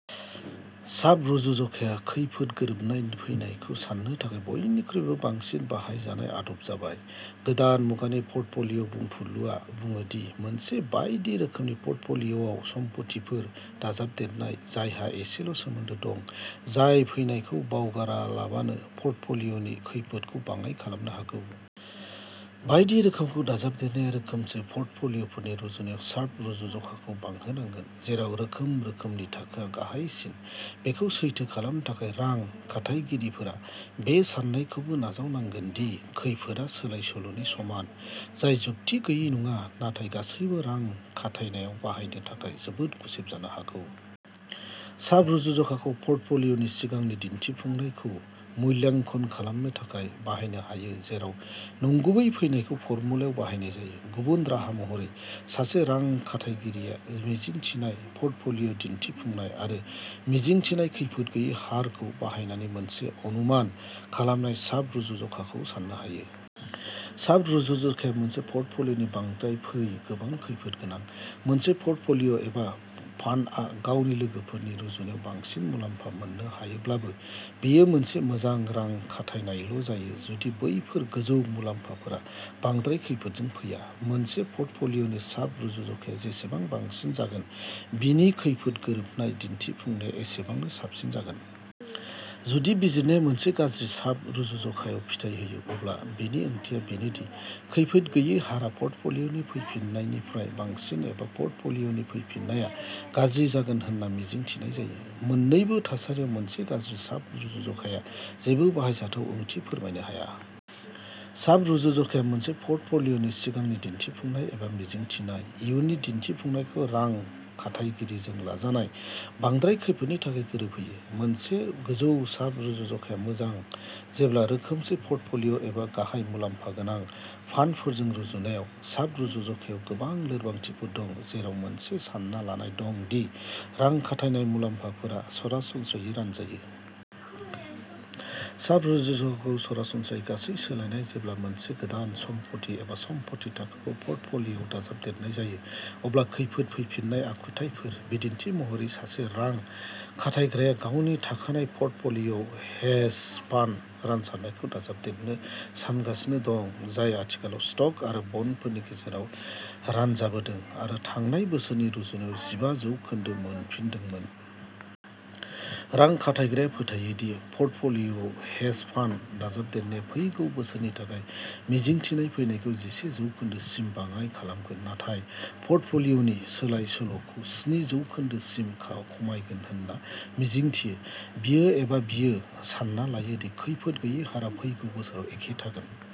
Sharp रुजुजखाया खैफोद गोरोबनाय फैनायखौ सान्नो थाखाय बयनिख्रुइबो बांसिन बाहायजानाय आदब जाबाय। गोदान मुगानि पर्टफ'लिय'बुंफुरलुआ बुङो दि मोनसे बायदि रोखोमनि पर्टफ'लिय'आव सम्फथिफोर दाजाबदेरनाय जायहा एसेल' सोमोन्दो दं जाय फैनायखौ बावगारालाबानो पर्टफ'लिय'नि खैफोदखौ बाङाइ खालामनो हागौ। बायदि रोखोमखौ दाजाबदेरनाया रोखोमसे पर्टफ'लिय'फोरनि रुजुनायाव शार्प रुजुज'खाखौ बांहोनांगोन जेराव रोखोम रोखोमनि थाखोआ गाहायसिन। बेखौ सैथो खालामनो थाखाय रां खाथायगिरिफोरा बे सान्नायखौबो नाजावनांगोन दि खैफोदआ सोलायसोल'नि समान जाय जुक्ति गैयै नङा नाथाय गासैबो रां खाथायनायाव बाहायनो थाखाय जोबोद गुसेब जानो हागौ। शार्प रुजुज'खाखौ पर्टफ'लिय'नि सिगांनि दिन्थिफुंनाय खौ मूल्याङ्कन खालामनो थाखाय बाहायनो हायो जेराव नंगुबै फैनायखौ फर्मुलायाव बाहायनाय जायो। गुबुन राहा महरै सासे रां खाथायगिरिया मिजिंथिनाय पर्टफ'लिय'दिन्थिफुंनाय आरो मिजिंथिनाय खैफोद गैयै हारखौ बाहायनानै मोनसे अनुमान खालामनाय शार्प रुजुज'खाखौ साननो हायो। शार्प रुजुज'खाया मोनसे पर्टफ'लिय'नि बांद्राय फै गोबां खैफोद गोनां। मोनसे पर्टफ'लिय'एबा फान्डआ गावनि लोगोफोरनि रुजुनायाव बांसिन मुलाम्फा मोननो हायोब्लाबो बेयो मोनसे मोजां रां खाथायनायल'जायो जुदि बैफोर गोजौ मुलाम्फाफोरा बांद्राय खैफोदजों फैया। मोनसे पर्टफ'लिय'नि शार्प रुजुज'खाया जेसेबां बांसिन जागोन बिनि खैफोद गोरोबनाय दिन्थिफुंनाया एसेबांनो साबसिन जागोन। जुदि बिजिरनाया मोनसे गाज्रि शार्प रुजुज'खायाव फिथाय होयो अब्ला बेनि ओंथिया बेनोदि खैफोद गैयै हारआ पर्टफ'लिय'नि फैफिन्नायनिफ्राय बांसिन एबा पर्टफ'लिय'नि फैफिन्नायआ गाज्रि जागोन होनना मिजिंथिनाय जायो। मोननैबो थासारियाव मोनसे गाज्रि शार्प रुजुज'खाया जेबो बाहायजाथाव ओंथि फोरमायनो हाया। शार्प रुजुज'खाया मोनसे पर्टफ'लिय'नि सिगांनि दिन्थिफुंनाय एबा मिजिंथिनाय इयुननि दिन्थिफुंनायखौ रां खाथायगिरिजों लाजानाय बांद्राय खैफोदनि थाखाय गोरोबहोयो। मोनसे गोजौ शार्प रुजुज'खाया मोजां जेब्ला रोखोमसे पर्टफ'लिय'एबा गाहाय मुलाम्फा गोनां फान्डफोरजों रुजुनायाव। शार्प रुजुज'खायाव गोबां लोरबांथिफोर दं जेराव मोनसे सानना लानाय दं दि रां खाथायनाय मुलाम्फाफोरा सरासनस्रायै रानजायो। शार्प रुजुज'खाखौ सरासनस्रायै गासै सोलायनाय जेब्ला मोनसे गोदान सम्फथि एबा सम्फथि थाखोखौ पर्टफ'लिय'आव दाजाबदेरनाय जायो अब्ला खैफोद फैफिन्नाय आखुथायफोर। बिदिन्थि महरै सासे रां खाथायग्राया गावनि थाखानाय पर्टफ'लिय'आव हेज फान्ड रानसारनायखौ दाजाबदेरनो सानगासिनो दं जाय आथिखालाव स्टक आरो बन्डफोरनि गेजेराव रानजाबोदों आरो थांनाय बोसोरनि रुजुनायाव जिबा जौखोन्दो मोनफिन्दोंमोन। रां खाथायग्राया फोथायो दि पर्टफ'लिय'आव हेज फान्ड दाजाबदेरनाया फैगौ बोसोरनि थाखाय मिजिंथिनाय फैनायखौ जिसे जौखोन्दो सिम बाङाइ खालामगोन नाथाय पर्टफ'लिय'नि सोलाय सोल'खौ स्नि जौखोन्दो सिम खमायगोन होनना मिजिंथियो। बियो एबा बियो सान्ना लायो दि खैफोद गैयै हारआ फैगौ बोसोराव एखे थागोन।